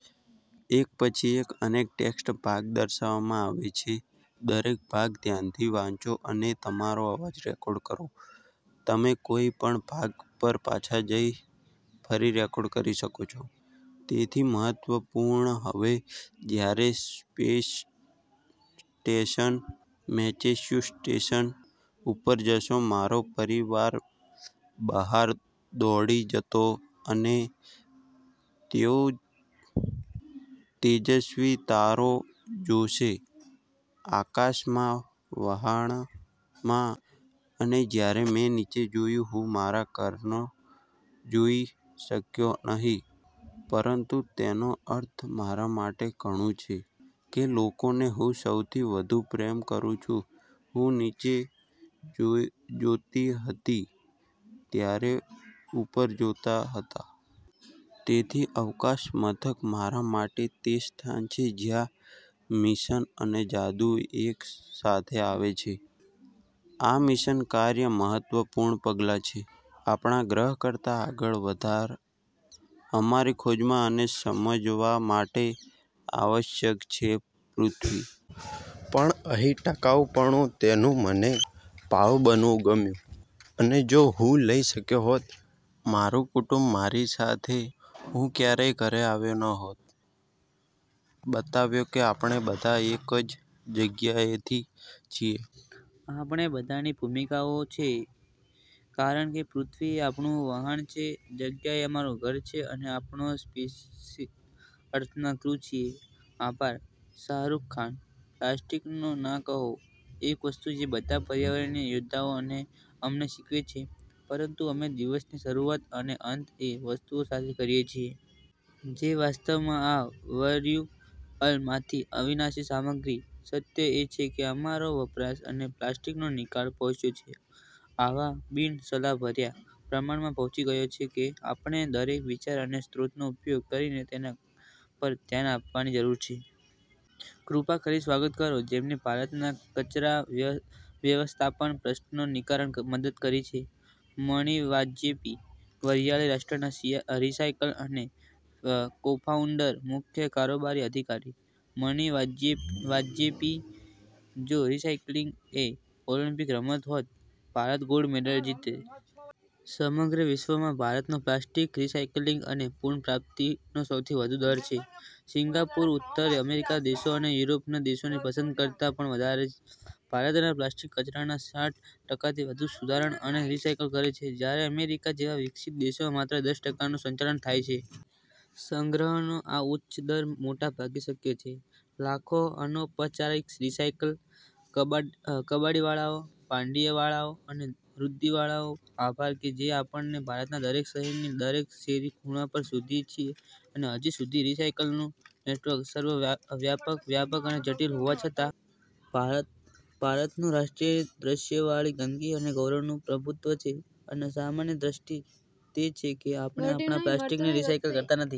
તેથી મહત્વપૂર્ણ હવે જ્યારે સ્પેસ સ્ટેશન મેસેચ્યુસેટ્સ ઉપર જશે, મારો પરિવાર બહાર દોડી જતો અને તેઓ તેજસ્વી તારો જોશે આકાશમાં. વહાણમાં અને જ્યારે મેં નીચે જોયું, હું મારું ઘર જોઈ શક્યો નહીં, પરંતુ તેનો અર્થ મારા માટે ઘણું છે કે લોકોને હું સૌથી વધુ પ્રેમ કરું છું હું નીચે જોતી હતી ત્યારે ઉપર જોતા હતા. તેથી અવકાશ મથક, મારા માટે તે સ્થાન છે જ્યાં મિશન અને જાદુ એક સાથે આવે છે. આ મિશન, કાર્ય મહત્વપૂર્ણ પગલાં છે. આપણા ગ્રહ કરતા આગળ વધવાની અમારી ખોજમાં અને સમજવા માટે આવશ્યક છે .પૃથ્વી પર અહીં ટકાઉપણું મને તેનો ભાગ બનવું ગમ્યું અને જો હું લઈ શક્યો હોત મારું કુટુંબ મારી સાથે, હું ક્યારેય ઘરે આવ્યો ન હોત અને તેથી સ્ટેશનથી મારો મત મને બતાવ્યો કે આપણે બધા એક જ જગ્યાએથી છીએ. આપણે બધાની ભૂમિકાઓ છે.કારણ કે, પૃથ્વી એ આપણું વહાણ છે. જગ્યા એ અમારું ઘર છે અને આપણે સ્પેસશીપ અર્થના ક્રૂ છીએ. આભાર. શાહરૂખ ખાન: પ્લાસ્ટિકને ના કહો. એક વસ્તુ જે બધા પર્યાવરણીય યોદ્ધાઓ અમને શીખવે છે, પરંતુ અમે દિવસની શરૂઆત અને અંત એ વસ્તુઓ સાથે કરીએ છીએ. જે વાસ્તવમાં આ વર્ચ્યુઅલ માંથી અવિનાશી સામગ્રી. સત્ય એ છે કે અમારો વપરાશ અને પ્લાસ્ટિકનો નિકાલ પહોંચ્યો છે. આવા બિનસલાહભર્યા પ્રમાણમાં પહોંચી ગયો છે કે આપણે દરેક વિચાર અને સ્ત્રોતનો ઉપયોગ કરીને તેના પર ધ્યાન આપવાની જરૂર છે. કૃપા કરી સ્વાગત કરો જેમને ભારતના કચરા વ્ય- વસ્થાપનનાં પ્રશ્નોના નિરાકણમાં મદદ કરી છે. મણિ વાજપેયી, વરિયાળી રાષ્ટ્રના રિસાયકલ અને કોફાઉન્ડેર/ મુખ્ય કારોબારી અધિકારી. મણિ વાજપેયી: જો રિસાયકલિંગ એ ઓલિમ્પિક રમત હોત, ભારત ગોલ્ડ મેડલ જીતે. સમગ્ર વિશ્વમાં ભારતનો પ્લાસ્ટિક રિસાયકલિંગ અને પુન:પ્રાપ્તિ નો સૌથી વધુ દર છે. સિંગાપુર, ઉત્તર અમેરિકાના દેશો અને યુરોપના દેશોની પસંદ કરતા પણ વધારે. ભારત તેના પ્લાસ્ટિક કચરાના સાઠ ટકાથી વધુ સુધારણા અને રિસાયકલ કરે છે, જ્યારે અમેરિકા જેવા વિકસિત દેશોમાં માત્ર દસ ટકાનું સંચાલન થાય છે. સંગ્રહનો આ ઉચ્ચ દર મોટા ભાગે શક્ય છે. લાખો અનૌપચારિક રિસાયકલ, કબાડીવાળાઓ, ભાંડીવાળાઓ અને રદ્દીવાળાઓને આભાર કે જે આપણે ભારતના દરેક શહેરની દરેક શેરી ખૂણા પર શોધીએ છીએ અને હજી સુધી રિસાયકલનું નેટવર્ક સર્વવ્યાપક, વ્યાપક અને જટિલ હોવા છતાં, ભારતનું રાષ્ટ્રીય દૃશ્યાવલિ ગંદકી અને ગૌરવનું પ્રભુત્વ છે અને સામાન્ય દ્રષ્ટિ તે છે કે આપણે આપણા પ્લાસ્ટિકને રિસાયકલ કરતા નથી.